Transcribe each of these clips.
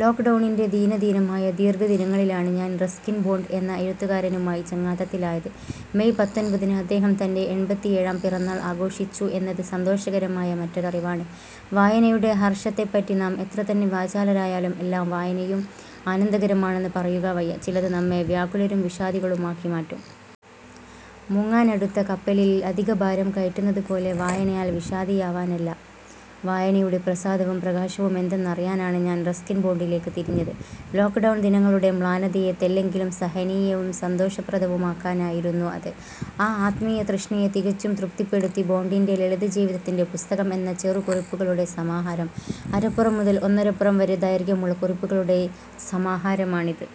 ലോക്ഡൗണിൻറെ ദീനദീനമായ ദീർഘദിനങ്ങളിലാണ് ഞാൻ Ruskin bond എന്ന എഴുത്തുകാരനുമായി ചങ്ങാത്തത്തിലായത്. May പത്തൊൻപതിന് അദ്ദേഹം തൻറെ എൺപത്തിയേഴാം പിറന്നാൾ ആഘോഷിച്ചു എന്നത് സന്തോഷകരമായ മറ്റൊരറിവാണ്. വായനയുടെ ഹർഷത്തെപ്പറ്റി നാം എത്രതന്നെ വാചാലരായാലും എല്ലാ വായനയും ആനന്ദകരമാണെന്ന് പറയുക വയ്യ. ചിലത് നമ്മെ വ്യാകുലരും വിഷാദികളുമാക്കി മാറ്റും. മുങ്ങാനടുത്ത കപ്പലിൽ അധികഭാരം കയറ്റുന്നതുപോലെ വായനയാൽ വിഷാദിയാവാനല്ല, വായനയുടെ പ്രസാദവും പ്രകാശവുമെന്തെന്നറിയാനാണ് ഞാൻ റസ്കിൻ ബോണ്ടിലേക്കു തിരിഞ്ഞത്. ലോക്ഡൗൺ ദിനങ്ങളുടെ മ്ലാനതയെ തെല്ലെങ്കിലും സഹനീയവും സന്തോഷപ്രദവുമാക്കാനായിരുന്നു അത്.ആ ആത്മീയതൃഷ്ണയെ തികച്ചും തൃപ്തിപ്പെടുത്തി ബോണ്ടിൻറെ ലളിതജീവിതത്തിൻറെ പുസ്തകം എന്ന ചെറുകുറിപ്പുകളുടെ സമാഹാരം. അരപ്പുറം മുതൽ ഒന്നരപ്പുറം വരെ ദൈർഘ്യമുള്ള കുറിപ്പുകളുടെ സമാഹാരമാണിത്.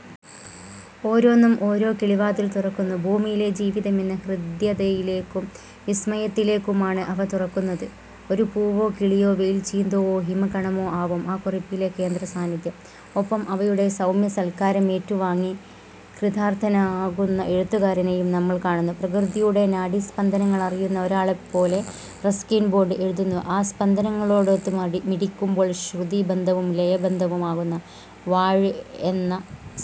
ഓരോന്നും ഓരോ കിളിവാതിൽ തുറക്കുന്നു. ഭൂമിയിലെ ജീവിതമെന്ന ഹൃദ്യതയിലേക്കും വിസ്മയത്തിലേക്കുമാണ് അവ തുറക്കുന്നത്. ഒരു പൂവോ കിളിയോ വെയിൽച്ചീന്തോ ഹിമകണമോ ആവും ആ കുറിപ്പിലെ കേന്ദ്രസാന്നിധ്യം. ഒപ്പം അവയുടെ സൗമ്യസൽക്കാരമേറ്റുവാങ്ങി കൃതാർഥനാകുന്ന എഴുത്തുകാരനെയും നമ്മൾ കാണുന്നു. പ്രകൃതിയുടെ നാഡീസ്പന്ദനങ്ങളറിയുന്ന ഒരാളെപ്പോലെ റസ്കിൻ ബോണ്ട് എഴുതുന്നു. ആ സ്പന്ദനങ്ങളോടൊത്ത് മിടിക്കുമ്പോൾ ശ്രുതിബദ്ധവും ലയബദ്ധവുമാകുന്ന വാഴ്വ് എന്ന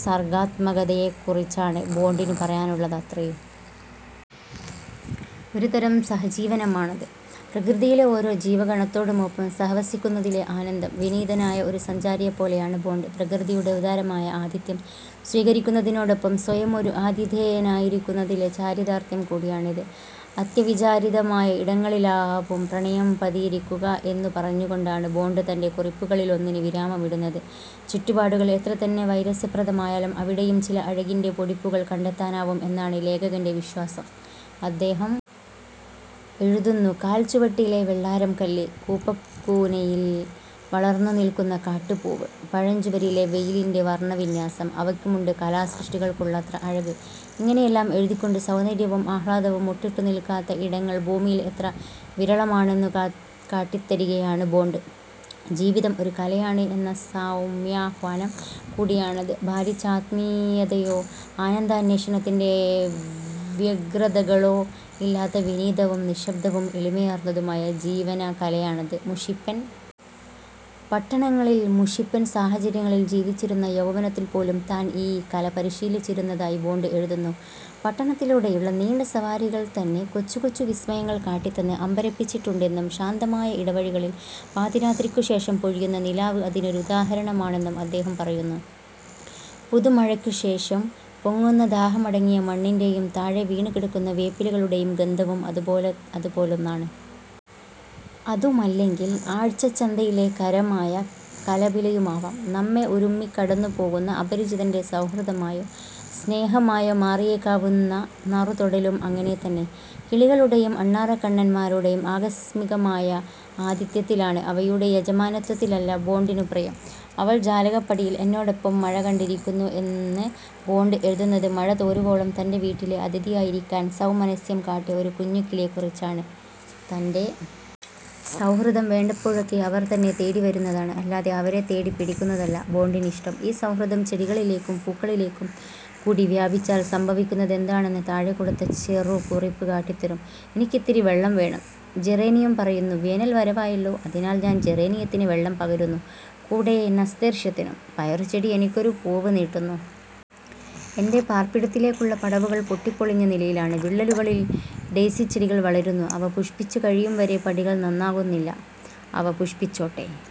സർഗാത്മകതയെക്കുറിച്ചാണ് ബോണ്ടിനു പറയാനുള്ളതത്രയും. ഒരുതരം സഹജീവനമാണത്. പ്രകൃതിയിലെ ഓരോ ജീവകണത്തോടുമൊപ്പം സഹവസിക്കുന്നതിലെ ആനന്ദം. വിനീതനായ ഒരു സഞ്ചാരിയെപ്പോലെയാണ് ബോണ്ട്. പ്രകൃതിയുടെ ഉദാരമായ ആതിഥ്യം സ്വീകരിക്കുന്നതിനോടൊപ്പം സ്വയമൊരു ആതിഥേയനായിരിക്കുന്നതിലെ ചാരിതാർഥ്യം കൂടിയാണിത്. അത്യവിചാരിതമായ ഇടങ്ങളിലാവും പ്രണയം പതിയിരിക്കുക എന്നു പറഞ്ഞുകൊണ്ടാണ് ബോണ്ട് തൻറെ കുറിപ്പുകളിലൊന്നിന് വിരാമമിടുന്നത്. ചുറ്റുപാടുകൾ എത്രതന്നെ വൈരസ്യപ്രദമായാലും അവിടെയും ചില അഴകിൻറെ പൊടിപ്പുകൾ കണ്ടെത്താനാവും എന്നാണ് ലേഖകൻറെ വിശ്വാസം. അദ്ദേഹം എഴുതുന്നു. കാൽച്ചുവട്ടിലെ വെള്ളാരംകല്ല്, കുപ്പക്കൂനയിൽ വളർന്നുനിൽക്കുന്ന കാട്ടുപൂവ്, പഴഞ്ചുവരിലെ വെയിലിൻറെ വർണവിന്യാസം. അവയ്ക്കുമുണ്ട് കലാസൃഷ്ടികൾക്കുള്ളത്ര അഴക്. ഇങ്ങനെയെല്ലാം എഴുതിക്കൊണ്ട് സൗന്ദര്യവും ആഹ്ലാദവും മൊട്ടിട്ടുനിൽക്കാത്ത ഇടങ്ങൾ ഭൂമിയിൽ എത്ര വിരളമാണെന്നു കാട്ടിത്തരികയാണ് ബോണ്ട്. ജീവിതം ഒരു കലയാണ് എന്ന സൗമ്യാഹ്വാനം കൂടിയാണത്. ഭാരിച്ച ആത്മീയതയോ ആനന്ദാന്വേഷണത്തിൻറെ വ്യഗ്രതകളോ ഇല്ലാത്ത വിനീതവും നിശ്ശബ്ദവും എളിമയാർന്നതുമായ ജീവനകലയാണത്. മുഷിപ്പൻ പട്ടണങ്ങളിൽ മുഷിപ്പൻ സാഹചര്യങ്ങളിൽ ജീവിച്ചിരുന്ന യൗവനത്തിൽ പോലും താൻ ഈ കല പരിശീലിച്ചിരുന്നതായി ബോണ്ട് എഴുതുന്നു. പട്ടണത്തിലൂടെയുള്ള നീണ്ട സവാരികൾ തന്നെ കൊച്ചുകൊച്ചു വിസ്മയങ്ങൾ കാട്ടിത്തന്ന് അമ്പരപ്പിച്ചിട്ടുണ്ടെന്നും ശാന്തമായ ഇടവഴികളിൽ പാതിരാത്രിക്കു ശേഷം പൊഴിയുന്ന നിലാവ് അതിനൊരു ഉദാഹരണമാണെന്നും അദ്ദേഹം പറയുന്നു. പുതുമഴയ്ക്കു ശേഷം പൊങ്ങുന്ന ദാഹമടങ്ങിയ മണ്ണിൻറെ യും താഴെ വീണുകിടക്കുന്ന വേപ്പിലകളുടെയും ഗന്ധവും അതുപോലൊന്നാണ്. അതുമല്ലെങ്കിൽ ആഴ്ചച്ചന്തയിലെ കരമായ കലപിലയുമാവാം. നമ്മെ ഉരുമ്മിക്കടന്നുപോകുന്ന അപരിചിതൻറെ സൗഹൃദമായോ സ്നേഹമായോ മാറിയേക്കാവുന്ന നറുതൊടലും അങ്ങനെതന്നെ. കിളികളുടെയും അണ്ണാറക്കണ്ണന്മാരുടെയും ആകസ്മികമായ ആതിഥ്യത്തിലാണ്, അവയുടെ യജമാനത്വത്തിലല്ല, ബോണ്ടിനു പ്രിയം. അവൾ ജാലകപ്പടിയിൽ എന്നോടൊപ്പം മഴ കണ്ടിരിക്കുന്നു എന്ന് ബോണ്ട് എഴുതുന്നത് മഴ തോരുവോളം തൻറെ വീട്ടിലെ അതിഥിയായിരിക്കാൻ സൗമനസ്യം കാട്ടിയ ഒരു കുഞ്ഞുകിളിയെക്കുറിച്ചാണ്. തൻറെ സൗഹൃദം വേണ്ടപ്പോഴൊക്കെ അവർ തന്നെ തേടിവരുന്നതാണ്, അല്ലാതെ അവരെ തേടിപ്പിടിക്കുന്നതല്ല, ബോണ്ടിനിഷ്ടം. ഈ സൗഹൃദം ചെടികളിലേക്കും പൂക്കളിലേക്കും കൂടി വ്യാപിച്ചാൽ സംഭവിക്കുന്നതെന്താണെന്ന് താഴെക്കൊടുത്ത ചെറുകുറിപ്പ് കാട്ടിത്തരും. എനിക്കിത്തിരി വെള്ളം വേണം, ജെറേനിയം പറയുന്നു. വേനൽ വരവായല്ലോ. അതിനാൽ ഞാൻ ജെറേനിയത്തിന് വെള്ളം പകരുന്നു, കൂടെ നസ്തേർഷ്യത്തിനും. പയറുചെടി എനിക്കൊരു പൂവ് നീട്ടുന്നു. എൻറെ പാർപ്പിടത്തിലേക്കുള്ള പടവുകൾ പൊട്ടിപ്പൊളിഞ്ഞ നിലയിലാണ്. വിള്ളലുകളിൽ ഡെയ്സിച്ചെടികൾ വളരുന്നു. അവ പുഷ്പിച്ചുകഴിയും വരെ പടികൾ നന്നാക്കുന്നില്ല. അവ പുഷ്പിച്ചോട്ടെ.